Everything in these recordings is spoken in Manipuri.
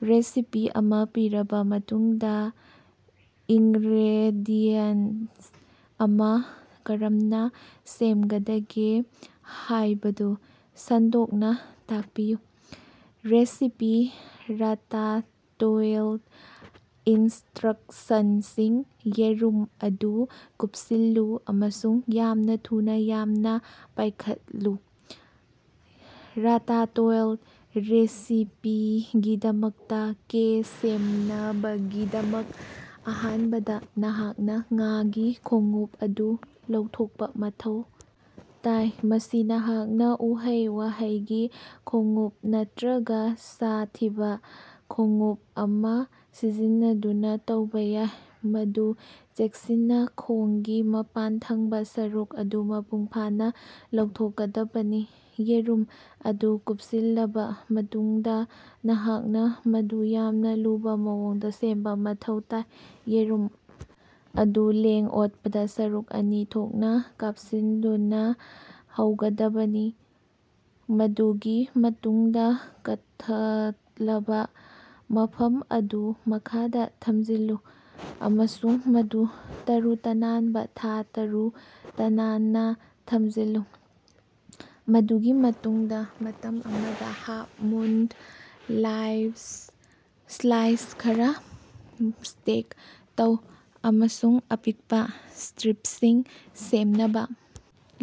ꯔꯦꯁꯤꯄꯤ ꯑꯃ ꯄꯤꯔꯕ ꯃꯇꯨꯡꯗ, ꯏꯉ꯭ꯔꯦꯗꯤꯌꯦꯟꯠ ꯑꯃ ꯀꯔꯝꯅ ꯁꯦꯝꯒꯗꯒꯦ ꯍꯥꯏꯕꯗꯨ ꯁꯟꯗꯣꯛꯅ ꯇꯥꯛꯄꯤꯌꯨ꯫ ꯔꯦꯁꯤꯄꯤ ꯔꯥꯇꯥꯇꯣꯏꯜ ꯏꯟꯁꯇ꯭ꯔꯛꯁꯟꯁꯤꯡ ꯌꯦꯔꯨꯝ ꯑꯗꯨ ꯀꯨꯞꯁꯤꯜꯂꯨ ꯑꯃꯁꯨꯡ ꯌꯥꯝꯅ ꯊꯨꯅꯥ ꯌꯥꯡꯅ ꯄꯥꯏꯈꯠꯂꯨ꯫ ꯔꯥꯇꯥꯇꯣꯏꯜ ꯔꯦꯁꯤꯄꯤꯒꯤꯗꯃꯛꯇ ꯀꯦ ꯁꯦꯝꯅꯕꯒꯤꯗꯃꯛ, ꯑꯍꯥꯟꯕꯗ ꯅꯍꯥꯛꯅ ꯉꯥꯒꯤ ꯈꯣꯡꯎꯞ ꯑꯗꯨ ꯂꯧꯊꯣꯛꯄ ꯃꯊꯧ ꯇꯥꯏ꯫ ꯃꯁꯤ ꯅꯍꯥꯛꯅ ꯎꯍꯩ-ꯋꯥꯍꯩꯒꯤ ꯈꯣꯡꯎꯞ ꯅꯠꯇꯔꯒꯥ ꯁꯥꯊꯤꯕ ꯈꯣꯡꯎꯞ ꯑꯃ ꯁꯤꯖꯤꯟꯅꯗꯨꯅ ꯇꯧꯕ ꯌꯥꯏ, ꯃꯗꯨ ꯆꯦꯛꯁꯤꯟꯅ ꯈꯣꯡꯒꯤ ꯃꯄꯥꯟꯊꯪꯕꯥ ꯁꯔꯨꯛ ꯑꯗꯨ ꯃꯄꯨꯡꯐꯥꯅ ꯂꯧꯊꯣꯛꯀꯗꯕꯅꯤ꯫ ꯌꯦꯔꯨꯝ ꯑꯗꯨ ꯀꯨꯞꯁꯤꯜꯂꯕ ꯃꯇꯨꯡꯗ, ꯅꯍꯥꯛꯅ ꯃꯗꯨ ꯌꯥꯝꯅ ꯂꯨꯕ ꯃꯑꯣꯡꯗ ꯁꯦꯝꯕ ꯃꯊꯧ ꯇꯥꯏ꯫ ꯌꯦꯔꯨꯝ ꯑꯗꯨ ꯂꯦꯡ-ꯑꯣꯠꯄꯗꯥ ꯁꯔꯨꯛ ꯑꯅꯤ ꯊꯣꯛꯅ ꯀꯥꯞꯁꯤꯟꯗꯨꯅ ꯍꯧꯒꯗꯕꯅꯤ, ꯃꯗꯨꯒꯤ ꯃꯇꯨꯡꯗ ꯀꯛꯊꯠꯂꯕ ꯃꯐꯝ ꯑꯗꯨ ꯃꯈꯥꯗ ꯊꯝꯖꯤꯜꯂꯨ ꯑꯃꯁꯨꯡ ꯃꯗꯨ ꯇꯥꯔꯨ-ꯇꯅꯥꯟꯕꯥ ꯊꯥ ꯇꯔꯨ-ꯇꯅꯥꯟꯅꯥ ꯊꯝꯖꯤꯜꯂꯨ꯫ ꯃꯗꯨꯒꯤ ꯃꯇꯨꯡꯗ, ꯃꯇꯝ ꯑꯃꯗ ꯍꯥꯐ-ꯃꯨꯟ ꯁ꯭ꯂꯥꯏꯁ ꯈꯔ ꯁ꯭ꯇꯦꯛ ꯇꯧ ꯑꯃꯁꯨꯡ ꯑꯄꯤꯛꯄ ꯁ꯭ꯇꯔꯤꯄꯁꯤꯡ ꯁꯦꯝꯅꯕ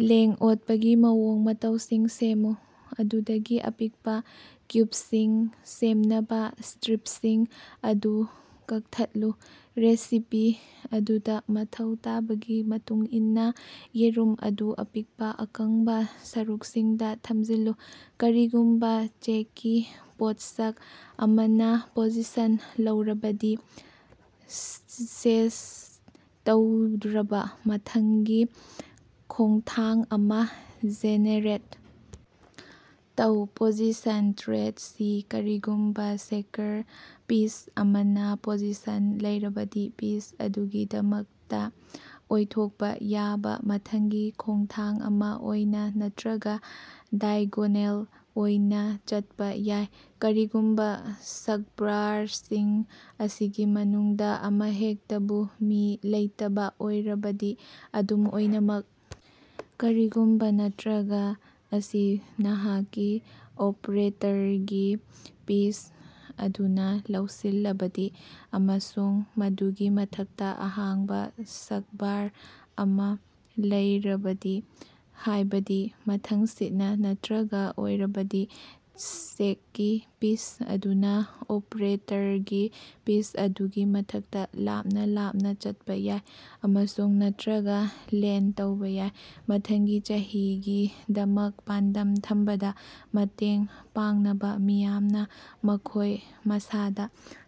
ꯂꯦꯡ-ꯑꯣꯠꯄꯒꯤ ꯃꯑꯣꯡ-ꯃꯇꯧꯁꯤꯡ ꯁꯦꯝꯃꯨ꯫ ꯑꯗꯨꯗꯒꯤ ꯑꯄꯤꯛꯄ ꯀ꯭꯭ꯌꯨꯕꯁꯤꯡ ꯁꯦꯝꯅꯕꯥ ꯁ꯭ꯇꯔꯤꯞꯁꯤꯡ ꯑꯗꯨ ꯀꯛꯊꯠꯂꯨ꯫ ꯔꯦꯁꯤꯄꯤ ꯑꯗꯨꯗ ꯃꯊꯧ ꯇꯥꯕꯒꯤ ꯃꯇꯨꯡꯏꯟꯅꯥ, ꯌꯦꯔꯨꯝ ꯑꯗꯨ ꯑꯄꯤꯛꯄ, ꯑꯀꯪꯕ ꯁꯔꯨꯛꯁꯤꯡꯗ ꯊꯝꯖꯤꯜꯂꯨ꯫ ꯀꯔꯤꯒꯨꯝꯕ ꯆꯦꯛꯀꯤ ꯄꯣꯠꯁꯛ ꯑꯃꯅ ꯄꯣꯖꯤꯁꯟ ꯂꯩꯔꯕꯗꯤ ꯁꯖꯦꯁ꯭ꯠ ꯇꯧꯔꯕꯥ ꯃꯊꯪꯒꯤ ꯈꯣꯡꯊꯥꯡ ꯑꯃꯥ ꯖꯦꯅꯦꯔꯦꯠ ꯇꯧ꯫ ꯄꯣꯖꯤꯁꯟ ꯇꯔꯦꯠ ꯁꯤ ꯀꯔꯤꯒꯨꯝꯕ ꯆꯦꯀꯔ ꯄꯤꯁ ꯑꯃꯅ ꯄꯣꯖꯤꯁꯟ ꯂꯩꯔꯕꯗꯤ, ꯄꯤꯁ ꯑꯗꯨꯒꯤꯗꯃꯛꯇ ꯑꯣꯏꯊꯣꯛꯄ ꯌꯥꯕꯥ ꯃꯊꯪꯒꯤ ꯈꯣꯡꯊꯥꯡ ꯑꯃ ꯑꯣꯏꯅꯥ ꯅꯠꯇꯔꯒ ꯗꯥꯏꯒꯣꯅꯦꯜ ꯑꯣꯏꯅ ꯆꯠꯄ ꯌꯥꯏ, ꯀꯔꯤꯒꯨꯝꯕ ꯁ꯭ꯛꯕꯥꯔꯁꯤꯡ ꯑꯁꯤꯒꯤ ꯃꯅꯨꯡꯗ ꯑꯃꯍꯦꯛꯇꯕꯨ ꯃꯤ ꯂꯩꯇꯕꯥ ꯑꯣꯏꯔꯕꯗꯤ꯫ ꯑꯗꯨꯝ ꯑꯣꯏꯅꯃꯛ, ꯀꯔꯤꯒꯨꯝꯕꯥ ꯅꯠꯇꯔꯒ ꯑꯁꯤ ꯅꯍꯥꯛꯀꯤ ꯑꯣꯄ꯭ꯔꯦꯇꯔꯒꯤ ꯄꯤꯁ ꯑꯗꯨꯅꯥ ꯂꯧꯁꯤꯜꯂꯕꯗꯤ, ꯑꯃꯁꯨꯡ ꯃꯗꯨꯒꯤ ꯃꯊꯛꯇꯥ ꯑꯍꯥꯡꯕ ꯁ꯭ꯛꯕꯥꯔ ꯑꯃ ꯂꯩꯔꯕꯗꯤ, ꯍꯥꯏꯕꯗꯤ ꯃꯊꯪꯁꯤꯠꯅ ꯅꯠꯇꯔꯒ ꯑꯣꯏꯔꯕꯗꯤ, ꯆꯦꯛꯀꯤ ꯄꯤꯁ ꯑꯗꯨꯅ ꯑꯣꯄ꯭ꯔꯦꯇꯔꯒꯤ ꯄꯤꯁ ꯑꯗꯨꯒꯤ ꯃꯊꯛꯇ ꯂꯥꯞꯅ ꯂꯥꯞꯅ ꯆꯠꯄ ꯌꯥꯏ, ꯑꯃꯁꯨꯡ ꯅꯠꯇꯔꯒ ꯂꯦꯟꯗ ꯇꯧꯕ ꯌꯥꯏ꯫ ꯃꯊꯪꯒꯤ ꯆꯍꯤꯒꯤꯗꯃꯛ ꯄꯥꯟꯗꯝ ꯊꯝꯕꯗꯥ ꯃꯇꯦꯡ ꯄꯥꯡꯅꯕ ꯃꯤꯌꯥꯝꯅ ꯃꯈꯣꯏ ꯃꯁꯥꯗ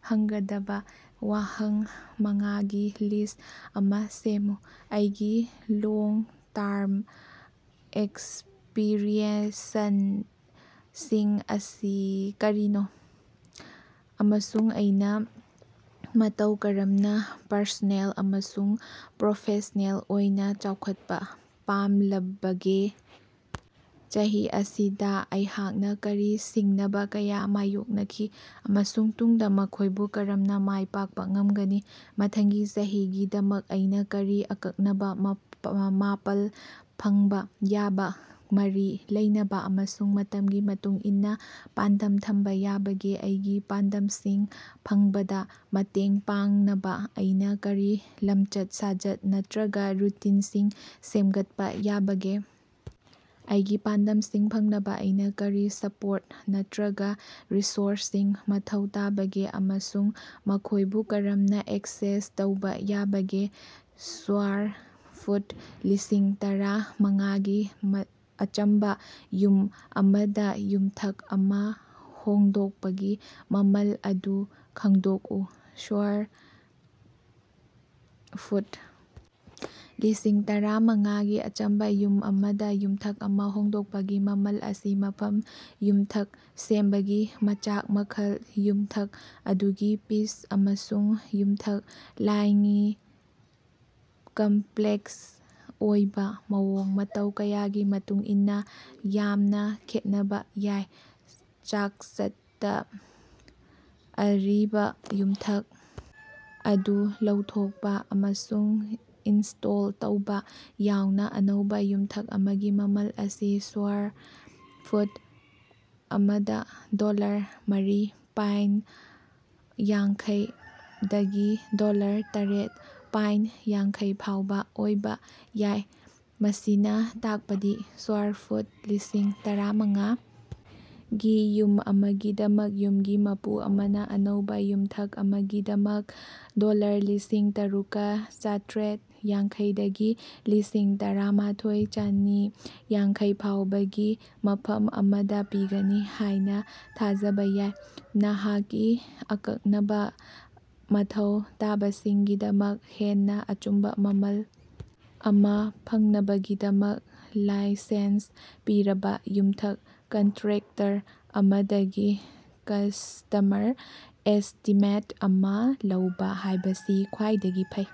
ꯍꯪꯒꯗꯕ ꯋꯥꯍꯪ ꯃꯉꯥꯒꯤ ꯂꯤꯁ꯭ꯠ ꯑꯃ ꯁꯦꯝꯃꯨ꯫ ꯑꯩꯒꯤ ꯂꯣꯡ ꯇꯥꯔ꯭ꯝ ꯑꯦꯁ꯭ꯄꯤꯔꯦꯁꯟ ꯁꯤꯡ ꯀꯔꯤꯅꯣ ꯑꯃꯁꯨꯡ ꯑꯩꯅ ꯃꯇꯧ ꯀꯔꯝꯅ ꯄ꯭ꯔꯁꯣꯅꯦꯜ ꯑꯃꯁꯨꯡ ꯄ꯭꯭ꯔꯣꯐꯦꯁ꯭ꯅꯦꯜ ꯑꯣꯏꯅ ꯆꯥꯎꯈꯠꯄ ꯄꯥꯝꯂꯕꯒꯦ? ꯆꯍꯤ ꯑꯁꯤꯗ ꯑꯩꯍꯥꯛꯅ ꯀꯔꯤ ꯁꯤꯡꯅꯕ ꯀꯌꯥ ꯃꯥꯌꯣꯛꯅꯈꯤ ꯑꯃꯁꯨꯡ ꯇꯨꯡꯗ ꯃꯈꯣꯏꯕꯨ ꯀꯔꯝꯅ ꯃꯥꯏ ꯄꯥꯛꯄ ꯉꯝꯒꯅꯤ? ꯃꯊꯪꯒꯤ ꯆꯍꯤꯒꯤꯗꯃꯛ ꯑꯩꯅ ꯀꯔꯤ ꯑꯀꯛꯅꯕ, ꯃꯥꯄꯜ, ꯐꯪꯕꯥ ꯌꯥꯕꯥ, ꯃꯔꯤ ꯂꯩꯅꯕ ꯑꯃꯁꯨꯡ ꯃꯇꯝꯒꯤ ꯃꯇꯨꯡ ꯏꯟꯅ ꯄꯥꯟꯗꯝ ꯊꯝꯕ ꯌꯥꯕꯒꯦ? ꯑꯩꯒꯤ ꯄꯥꯟꯗꯝꯁꯤꯡ ꯐꯪꯕꯗ ꯃꯇꯦꯡ ꯄꯥꯡꯅꯕ ꯑꯩꯅ ꯀꯔꯤ ꯂꯝꯆꯠ-ꯁꯥꯖꯠ ꯅꯠꯇꯔꯒ ꯔꯨꯇꯤꯟꯁꯤꯡ ꯁꯦꯝꯒꯠꯄꯥ ꯌꯥꯕꯒꯦ? ꯑꯩꯒꯤ ꯄꯥꯟꯗꯝꯁꯤꯡ ꯐꯪꯅꯕ ꯑꯩꯅ ꯀꯔꯤ ꯁ꯭ꯄꯣꯔꯠ ꯅꯠꯇꯔꯒ ꯔꯤꯁꯣꯔꯁ ꯁꯤꯡ ꯃꯊꯧ ꯇꯥꯕꯒꯦ ꯑꯃꯁꯨꯡ ꯃꯈꯣꯏꯕꯨ ꯀꯔꯝꯅ ꯑꯦꯛꯁꯦꯁ ꯇꯧꯕ ꯌꯥꯕꯒꯦ? ꯁ꯭ꯋꯥꯔ ꯐꯨꯠ ꯂꯤꯁꯤꯡ ꯇꯥꯔꯥ ꯃꯉꯥꯒꯤ ꯑꯆꯝꯕꯥ ꯌꯨꯝ ꯑꯃꯗ ꯌꯨꯝꯊꯛ ꯑꯃ ꯍꯣꯡꯗꯣꯛꯄꯒꯤ ꯃꯃꯜ ꯑꯗꯨ ꯈꯪꯗꯣꯛꯎ꯫ ꯁ꯭ꯋꯥꯔ ꯐꯨꯠ ꯂꯤꯁꯤꯡ ꯇꯥꯔꯥ ꯃꯉꯥꯒꯤ ꯑꯆꯝꯕ ꯌꯨꯝ ꯑꯃꯗ ꯌꯨꯝꯊꯛ ꯑꯃ ꯍꯣꯡꯗꯣꯛꯄꯒꯤ ꯃꯃꯜ ꯑꯁꯤ ꯃꯐꯝ, ꯌꯨꯝꯊꯛ ꯁꯦꯝꯕꯒꯤ ꯃꯆꯥꯛ ꯃꯈꯜ, ꯌꯨꯝꯊꯛ ꯑꯗꯨꯒꯤ ꯄꯤꯆ, ꯑꯃꯁꯨꯡ ꯌꯨꯝꯊꯛ ꯂꯥꯏꯉꯤ ꯀꯝꯄ꯭ꯂꯦꯛꯁ ꯑꯣꯏꯕꯥ ꯃꯑꯣꯡ-ꯃꯇꯧ ꯀꯌꯥꯒꯤ ꯃꯇꯨꯡꯏꯟꯅꯥ ꯌꯥꯡꯅ ꯈꯦꯠꯅꯕ ꯌꯥꯏ꯫ ꯆꯥꯡꯆꯠꯇ, ꯑꯔꯤꯕ ꯌꯨꯝꯊꯛ ꯑꯗꯨ ꯂꯧꯊꯣꯛꯄ ꯑꯃꯁꯨꯡ ꯏꯟꯁꯇꯣꯜ ꯇꯧꯕ ꯌꯥꯎꯅ ꯑꯅꯧꯕ ꯌꯨꯝꯊꯛ ꯑꯃꯒꯤ ꯃꯃꯜ ꯑꯁꯤ ꯁ꯭ꯋꯥꯔ ꯐꯨꯠ ꯑꯃꯗ ꯗꯣꯂꯔ ꯃꯔꯤ ꯄꯣꯏꯟ ꯌꯥꯡꯈꯩ ꯗꯒꯤ ꯗꯣꯂꯔ ꯇꯔꯦꯠ ꯄꯣꯏꯟ ꯌꯥꯡꯈꯩ ꯐꯥꯎꯕ ꯑꯣꯏꯕ ꯌꯥꯏ꯫ ꯃꯁꯤꯅ ꯇꯥꯛꯄꯗꯤ ꯁ꯭ꯋꯥꯔ ꯐꯨꯠ ꯂꯤꯁꯤꯡ ꯇꯥꯔꯥ ꯃꯉꯥ ꯒꯤ ꯌꯨꯝ ꯑꯃꯒꯤꯗꯃꯛ, ꯌꯨꯝꯒꯤ ꯃꯄꯨ ꯑꯃꯅ ꯑꯅꯧꯕꯥ ꯌꯨꯝꯊꯛ ꯑꯃꯒꯤꯗꯃꯛ ꯗꯣꯂꯔ ꯂꯤꯁꯤꯡ ꯇꯔꯨꯛꯀꯥ ꯆꯥꯇ꯭꯭ꯔꯦꯠ ꯌꯥꯡꯈꯩꯗꯒꯤ ꯂꯤꯁꯤꯡ ꯇꯥꯔꯥ ꯃꯥꯊꯣꯏ ꯆꯥꯅꯤ ꯌꯥꯡꯈꯩ ꯐꯥꯎꯕꯒꯤ ꯃꯐꯝ ꯑꯃꯗ ꯄꯤꯒꯅꯤ ꯍꯥꯏꯅ ꯊꯥꯖꯕꯥ ꯌꯥꯏ꯫ ꯅꯍꯥꯛꯀꯤ ꯑꯀꯛꯅꯕꯥ ꯃꯊꯧ ꯇꯥꯕꯁꯤꯡꯒꯤꯗꯃꯛ ꯍꯦꯟꯅꯥ ꯑꯆꯨꯝꯕꯥ ꯃꯃꯜ ꯑꯃꯥ ꯐꯪꯅꯕꯒꯤꯗꯃꯛ ꯂꯥꯏꯁꯦꯟꯁ ꯄꯤꯔꯕꯥ ꯌꯨꯝꯊꯛ ꯀꯟꯇ꯭ꯔꯦꯛꯇꯔ ꯑꯃꯗꯒꯤ ꯀꯁ꯭ꯇꯃꯔ ꯑꯦꯁ꯭ꯇꯤꯃꯦꯠ ꯑꯃ ꯂꯧꯕ ꯍꯥꯏꯕꯁꯤ ꯈ꯭ꯋꯥꯏꯗꯒꯤ ꯐꯩ꯫